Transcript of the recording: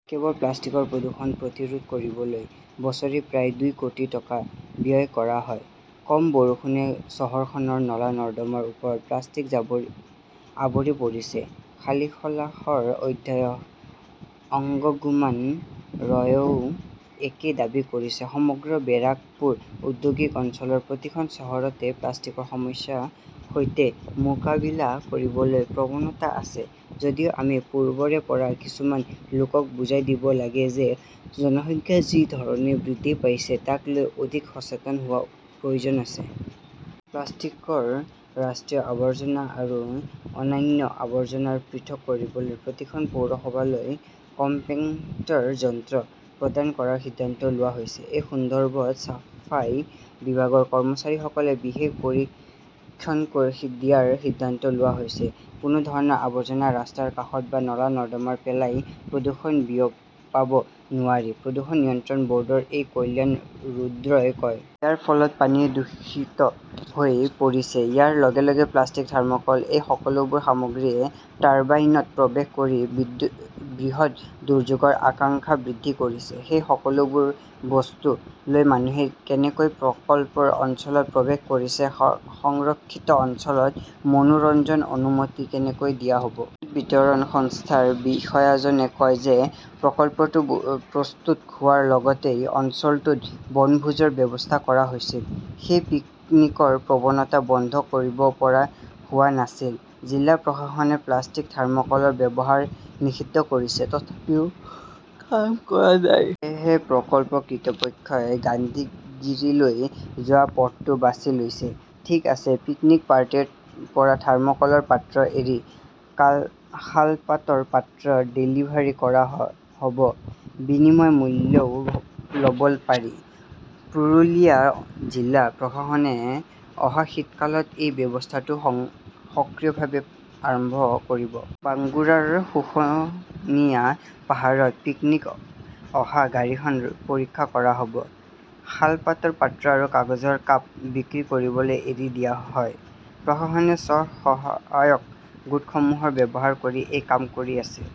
কেৱল প্লাষ্টিকৰ প্ৰদূষণ প্ৰতিৰোধ কৰিবলৈ বছৰি প্ৰায় দুই কোটি টকা ব্যয় কৰা হয়। কম বৰষুণে চহৰখনৰ নলা-নৰ্দমাৰ ওপৰত প্লাষ্টিক আৱৰি পৰিছে। হালিশলাশৰ অধ্যক্ষ অংগুমান ৰয়েও একেই দাবী কৰিছে। সমগ্ৰ বেৰাকপুৰ ঔদ্যোগিক অঞ্চলৰ প্ৰতিখন চহৰতে প্লাষ্টিকৰ সমস্যাৰ সৈতে মোকাবিলা কৰিবলৈ প্ৰৱণতা আছে যদিও আমি পূৰ্বৰে পৰা কিছুমান লোকক বুজাই দিব লাগে যে, জনসংখ্যা যি ধৰণে বৃদ্ধি পাইছে তাক লৈ অধিক সচেতন হোৱাৰ প্ৰয়োজন আছে। প্লাষ্টিকৰ ৰাষ্ট্ৰীয় আৱৰ্জনা আৰু অন্যান্য আৱৰ্জনা পৃথক কৰিবলৈ প্ৰতিখন পৌৰসভালৈ কম্পেক্টৰ যন্ত্ৰ প্ৰদান কৰাৰ সিদ্ধান্ত লোৱা হৈছে। সেই সন্দৰ্ভত ছাফাই বিভাগৰ কৰ্মচাৰীসকলক বিশেষ প্ৰশিক্ষণ দিয়াৰ সিদ্ধান্ত লোৱা হৈছে। কোনো ধৰণৰ আৱৰ্জনা ৰাস্তাৰ কাষত বা নলা-নৰ্দমাত পেলাই প্ৰদূষণ বিয়পাব নোৱাৰি, প্ৰদূষণ নিয়ন্ত্ৰণ বৰ্ডৰ এই কল্যাণ ৰুদ্ৰই কয়। ইয়াৰ ফলত পানী দূষিত হৈ পৰিছে। ইয়াৰ লগে লগে প্লাষ্টিক থাৰ্মকলৰ সেই সকলোবোৰ সামগ্ৰীয়ে টাৰ্বাইনত প্ৰৱেশ কৰি বৃহৎ দুৰ্যোগৰ আশংকা বৃদ্ধি কৰিছে। সেই সকলোবোৰ বস্তু লৈ মানুহে কেনেকৈ প্ৰকল্পৰ অঞ্চলত প্ৰৱেশ কৰিছে? সংৰক্ষিত অঞ্চলত মনোৰঞ্জনৰ অনুমতি কেনেকৈ দিয়া হয়? বিতৰণ সংস্থাৰ বিষয়াজনে কয় যে, প্ৰকল্পটো প্ৰস্তুত হোৱাৰ আগতেই অঞ্চলটোত বনভোজৰ ব্যৱস্থা কৰা হৈছিল। সেই পিকনিকৰ প্ৰৱণতা বন্ধ কৰিব পৰা হোৱা নাছিল। জিলা প্ৰশাসনে প্লাষ্টিক, থাৰ্মকলৰ ব্যৱহাৰ নিষিদ্ধ কৰিছে। তথাপিও কাম কৰা নাই। সেয়েহে প্ৰকল্প কৰ্তৃপক্ষই গান্ধীগিৰীলৈ যোৱা পথটো বাছি লৈছে। ঠিক আছে, পিকনিক পাৰ্টিৰ পৰা থাৰ্মোকলৰ পাত্ৰ এৰি শালপাতৰ পাত্ৰ ডেলিভাৰী কৰা হ 'ব। বিনিময় মূল্যও লব পাৰি। পুৰুলিয়া জিলা প্ৰশাসনে অহা শীতকালত এই ব্যৱস্থাটো সক্ৰিয়ভাৱে আৰম্ভ কৰিব। বাঙ্কুৰাৰ শুশনিয়া পাহাৰত পিকনীক অহা গাড়ীখন পৰীক্ষা কৰা হয়। শালপাতৰ পাত্ৰ আৰু কাগজৰ কাপ বিক্ৰী কৰিবলৈ এৰি দিয়া হয়। প্ৰশাসনে স্ব-সহায়ক গোটসমূহক ব্যৱহাৰ কৰি এই কাম কৰি আছে।